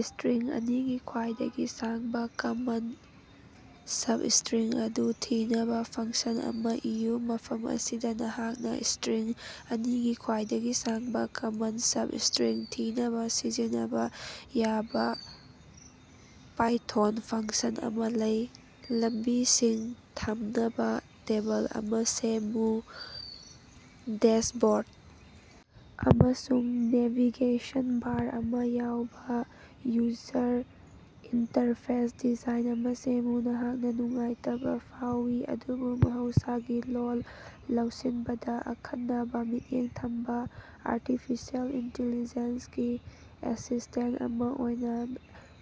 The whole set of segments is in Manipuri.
ꯏꯁꯇ꯭ꯔꯤꯡ ꯑꯅꯤꯒꯤ ꯈ꯭ꯋꯥꯏꯗꯒꯤ ꯁꯥꯡꯕꯥ ꯀꯃꯟ ꯁꯕꯏꯁꯇ꯭ꯔꯤꯡ ꯑꯗꯨ ꯊꯤꯅꯕꯥ ꯐꯪꯁꯟ ꯑꯃꯥ ꯏꯌꯨ꯫ ꯃꯐꯝ ꯑꯁꯤꯗꯥ ꯅꯍꯥꯛꯅꯥ ꯏꯁꯇ꯭ꯔꯤꯡ ꯑꯅꯤꯒꯤ ꯈ꯭ꯋꯥꯏꯗꯒꯤ ꯁꯥꯡꯕꯥ ꯀꯃꯟ ꯁꯕꯏꯁꯇ꯭ꯔꯤꯡ ꯊꯤꯅꯕꯥ ꯁꯤꯖꯤꯟꯅꯕꯥ ꯌꯥꯕꯥ ꯄꯥꯏꯊꯣꯟ ꯐꯪꯁꯟ ꯑꯃꯥ ꯂꯩ꯫ ꯂꯝꯕꯤꯁꯤꯡ ꯊꯝꯅꯕꯥ ꯇꯦꯕꯜ ꯑꯃꯥ ꯁꯦꯝꯃꯨ꯫ ꯗꯦꯁꯕꯣꯔꯗ ꯑꯃꯁꯨꯡ ꯅꯦꯚꯤꯒꯦꯁꯟ ꯕꯥꯔ ꯑꯃꯥ ꯌꯥꯎꯕꯥ ꯌꯨꯖꯔ ꯏꯟꯇꯔꯐꯦꯁ ꯗꯤꯖꯥꯏꯟ ꯑꯃꯥ ꯁꯦꯝꯃꯨ꯫ ꯑꯩꯍꯥꯛꯅꯥ ꯅꯨꯡꯉꯥꯏꯇꯕꯥ ꯐꯥꯎꯏ, ꯑꯗꯨꯕꯨ ꯃꯍꯧꯁꯥꯒꯤ ꯂꯣꯜ ꯂꯧꯁꯤꯟꯕꯗꯥ ꯑꯈꯟꯅꯕꯥ ꯃꯤꯠꯌꯦꯡ ꯊꯝꯕꯥ ꯑꯔꯇꯤꯐꯤꯁꯦꯜ ꯏꯟꯇꯤꯂꯤꯖꯦꯟꯁꯒꯤ ꯑꯦꯁꯤꯁꯇꯦꯟꯇ ꯑꯃꯥ ꯑꯣꯏꯅꯥ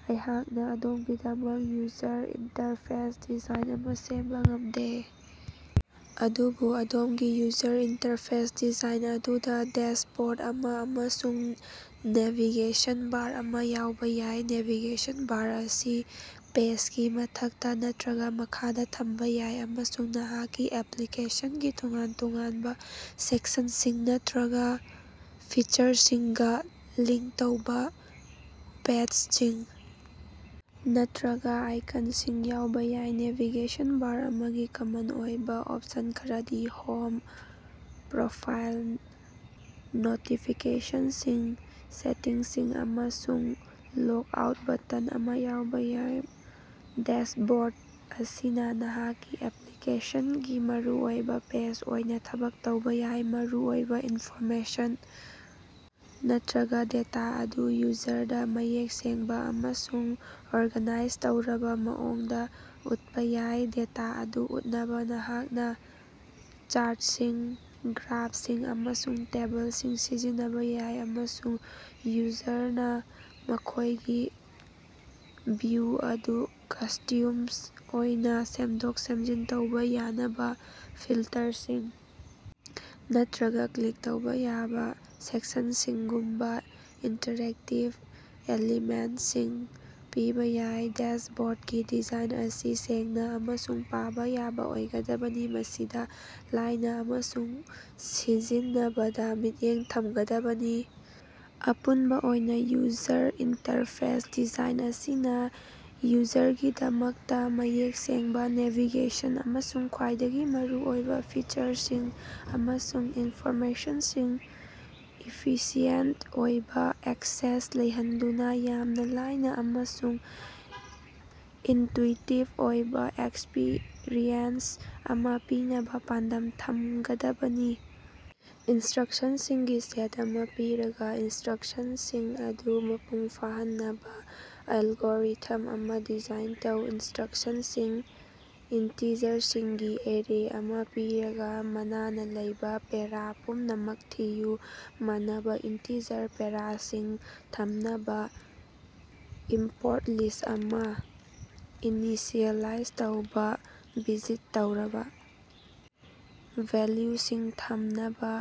ꯑꯩꯍꯥꯛꯅꯥ ꯑꯗꯣꯝꯒꯤꯗꯃꯛ ꯌꯨꯖꯔ ꯏꯟꯇꯔꯐꯦꯁ ꯗꯤꯖꯥꯏꯟ ꯑꯃꯥ ꯁꯦꯝꯕꯥ ꯉꯝꯗꯦ, ꯑꯗꯨꯕꯨ ꯑꯗꯣꯝꯒꯤ ꯌꯨꯖꯔ ꯏꯟꯇꯔꯐꯦꯁ ꯗꯤꯖꯥꯏꯟ ꯑꯗꯨꯗꯥ ꯗꯦꯁꯕꯣꯔꯗ ꯑꯃꯥ ꯑꯃꯁꯨꯡ ꯅꯦꯚꯤꯒꯦꯁꯟ ꯕꯥꯔ ꯑꯃꯥ ꯌꯥꯎꯕꯥ ꯌꯥꯏ꯫ ꯅꯦꯚꯤꯒꯦꯁꯟ ꯕꯥꯔ ꯑꯁꯤ ꯄꯦꯖꯒꯤ ꯃꯊꯛꯇꯥ ꯅꯠꯇ꯭ꯔꯒꯥ ꯃꯈꯥꯗ ꯊꯝꯕꯥ ꯌꯥꯏ ꯑꯃꯁꯨꯡ ꯅꯍꯥꯛꯀꯤ ꯑꯦꯄ꯭ꯂꯤꯀꯦꯁꯟꯒꯤ ꯇꯣꯉꯥꯟ-ꯇꯣꯉꯥꯟꯕꯥ ꯁꯦꯛꯁꯟꯁꯤꯡ ꯅꯠꯇ꯭ꯔꯒꯥ ꯐꯤꯆꯔꯁꯤꯡꯒꯥ ꯂꯤꯡꯀ ꯇꯧꯕꯥ ꯕꯦꯠꯆꯁꯤꯡ ꯅꯠꯇ꯭ꯔꯒꯥ ꯑꯥꯏꯀꯟꯁꯤꯡ ꯌꯥꯎꯕꯥ ꯌꯥꯏ꯫ ꯅꯦꯚꯤꯒꯦꯁꯟ ꯕꯥꯔ ꯑꯃꯒꯤ ꯀꯃꯟ ꯑꯣꯏꯕꯥ ꯑꯣꯞꯁꯟ ꯈꯔꯗꯤ ꯍꯣꯝ, ꯄ꯭ꯔꯣꯐꯥꯏꯜ, ꯅꯣꯇꯤꯐꯤꯀꯦꯁꯟꯁꯤꯡ, ꯁꯦꯇꯤꯡꯁꯤꯡ, ꯑꯃꯁꯨꯡ ꯂꯣꯒꯑꯥꯎꯠ ꯕꯇꯟ ꯑꯃꯥ ꯌꯥꯎꯕꯥ ꯌꯥꯏ꯫ ꯗꯦꯁꯕꯣꯔꯗ ꯑꯁꯤꯅꯥ ꯅꯍꯥꯛꯀꯤ ꯑꯦꯄ꯭ꯂꯤꯀꯦꯁꯟꯒꯤ ꯃꯔꯨꯑꯣꯏꯕꯥ ꯄꯦꯖ ꯑꯣꯏꯅꯥ ꯊꯕꯛ ꯇꯧꯕꯥ ꯌꯥꯏ, ꯃꯔꯨꯑꯣꯏꯕꯥ ꯏꯟꯐꯣꯔꯃꯦꯁꯟ ꯅꯠꯇ꯭ꯔꯒꯥ ꯗꯦꯇꯥ ꯑꯗꯨ ꯌꯨꯖꯔꯗꯥ ꯃꯌꯦꯛ ꯁꯦꯡꯕꯥ ꯑꯃꯁꯨꯡ ꯑꯣꯔꯒꯥꯅꯥꯏꯖ ꯇꯧꯔꯕꯥ ꯃꯑꯣꯡꯗꯥ ꯎꯠꯄꯥ ꯌꯥꯏ꯫ ꯗꯦꯇꯥ ꯑꯗꯨ ꯎꯠꯅꯕꯥ ꯅꯍꯥꯛꯅꯥ ꯆꯥꯔꯇꯁꯤꯡ, ꯒ꯭ꯔꯥꯐꯁꯤꯡ, ꯑꯃꯁꯨꯡ ꯇꯦꯕꯜꯁꯤꯡ ꯁꯤꯖꯤꯟꯅꯕꯥ ꯌꯥꯏ, ꯑꯃꯁꯨꯡ ꯌꯨꯖꯔꯅꯥ ꯃꯈꯣꯏꯒꯤ ꯚꯤꯎ ꯑꯗꯨ ꯀꯁꯇ꯭ꯌꯨꯝꯁ ꯑꯣꯏꯅꯥ ꯁꯦꯝꯗꯣꯛ-ꯁꯦꯝꯖꯤꯟ ꯇꯧꯕꯥ ꯌꯥꯅꯕꯥ ꯐꯤꯜꯇꯔꯁꯤꯡ ꯅꯠꯇ꯭ꯔꯒꯥ ꯀ꯭ꯂꯤꯛ ꯇꯧꯕꯥ ꯌꯥꯕꯥ ꯁꯦꯛꯁꯟꯁꯤꯡꯒꯨꯝꯕꯥ ꯏꯟꯇꯔꯦꯛꯇꯤꯕ ꯑꯦꯂꯤꯃꯦꯟꯇꯁꯤꯡ ꯄꯤꯕꯥ ꯌꯥꯏ꯫ ꯗꯦꯁꯕꯣꯔꯗꯀꯤ ꯗꯤꯖꯥꯏꯟ ꯑꯁꯤ ꯁꯦꯡꯅꯥ ꯑꯃꯁꯨꯡ ꯄꯥꯕꯥ ꯌꯥꯕꯥ ꯑꯣꯏꯒꯗꯕꯅꯤ, ꯃꯁꯤꯗꯥ ꯂꯥꯏꯅꯥ ꯑꯃꯁꯨꯡ ꯁꯤꯖꯤꯟꯅꯕꯗꯥ ꯃꯤꯠꯌꯦꯡ ꯊꯃꯒꯗꯕꯅꯤ꯫ ꯑꯄꯨꯟꯕꯥ ꯑꯣꯏꯅꯥ, ꯌꯨꯖꯔ ꯏꯟꯇꯔꯐꯦꯁ ꯗꯤꯖꯥꯏꯟ ꯑꯁꯤꯅꯥ ꯌꯨꯖꯔꯒꯤꯗꯃꯛꯇꯥ ꯃꯌꯦꯛ ꯁꯦꯡꯕꯥ ꯅꯦꯚꯤꯒꯦꯁꯟ ꯑꯃꯁꯨꯡ ꯈ꯭ꯋꯥꯏꯗꯒꯤ ꯃꯔꯨꯑꯣꯏꯕꯥ ꯐꯤꯆꯔꯁꯤꯡ ꯑꯃꯁꯨꯡ ꯏꯟꯐꯣꯔꯃꯦꯁꯟꯁꯤꯡ ꯏꯐꯤꯁꯤꯑꯦꯟꯇ ꯑꯣꯏꯕꯥ ꯑꯦꯛꯁꯦꯁ ꯂꯩꯍꯟꯗꯨꯅꯥ, ꯌꯥꯝꯅꯥ ꯂꯥꯏꯅꯥ ꯑꯃꯁꯨꯡ ꯏꯟꯇꯨꯏꯇꯤꯚ ꯑꯣꯏꯕꯥ ꯑꯦꯛꯁꯄꯤꯔꯤꯑꯦꯟꯁ ꯑꯃꯥ ꯄꯤꯅꯕꯥ ꯄꯥꯟꯗꯝ ꯊꯃꯒꯗꯕꯅꯤ꯫। ꯏꯟꯁꯇ꯭ꯔꯛꯁꯟꯁꯤꯡꯒꯤ ꯁꯦꯠ ꯑꯃꯥ ꯄꯤꯔꯒꯥ, ꯏꯟꯁꯇ꯭ꯔꯛꯁꯟꯁꯤꯡ ꯑꯗꯨ ꯃꯄꯨꯡ ꯐꯥꯍꯟꯅꯕꯥ ꯑꯦꯜꯒꯣꯔꯤꯊꯝ ꯑꯃꯥ ꯗꯤꯖꯥꯏꯟ ꯇꯧ꯫ ꯏꯟꯁꯇ꯭ꯔꯛꯁꯟꯁꯤꯡ: ꯏꯟꯇꯤꯖꯔꯁꯤꯡꯒꯤ ꯑꯦꯔꯦ ꯑꯃꯥ ꯄꯤꯔꯒꯥ, ꯃꯅꯥꯅ ꯂꯩꯕꯥ ꯄꯦꯔꯥ ꯄꯨꯝꯅꯃꯛ ꯊꯤꯌꯨ꯫ ꯃꯅꯥꯕ ꯏꯟꯇꯤꯖꯔ ꯄꯦꯔꯥꯁꯤꯡ ꯊꯝꯅꯕꯥ ꯏꯝꯄꯣꯔꯠ ꯂꯤꯁ ꯑꯃꯥ ꯏꯅꯤꯁꯤꯑꯦꯂꯥꯏꯖ ꯇꯧꯕꯥ ꯚꯤꯖꯤꯠ ꯇꯧꯔꯕꯥ ꯚꯦꯜꯂꯨꯁꯤꯡ ꯊꯝꯅꯕꯥ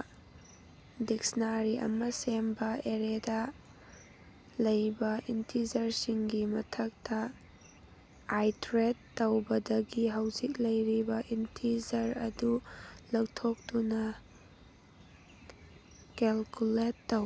ꯗꯤꯛꯁꯅꯥꯔꯤ ꯑꯃꯥ ꯁꯦꯝꯕꯥ ꯑꯦꯔꯦꯗꯥ ꯂꯩꯕꯥ ꯏꯟꯇꯤꯖꯔꯁꯤꯡꯒꯤ ꯃꯊꯛꯇꯥ ꯑꯥꯏꯇꯔꯦꯠ ꯇꯧꯕꯥꯗꯒꯤ ꯍꯧꯖꯤꯛ ꯂꯩꯔꯤꯕꯥ ꯏꯟꯇꯤꯖꯔ ꯑꯗꯨ ꯂꯧꯊꯣꯛꯇꯨꯅꯥ ꯀꯦꯜꯀꯨꯂꯦꯠ ꯇꯧ꯫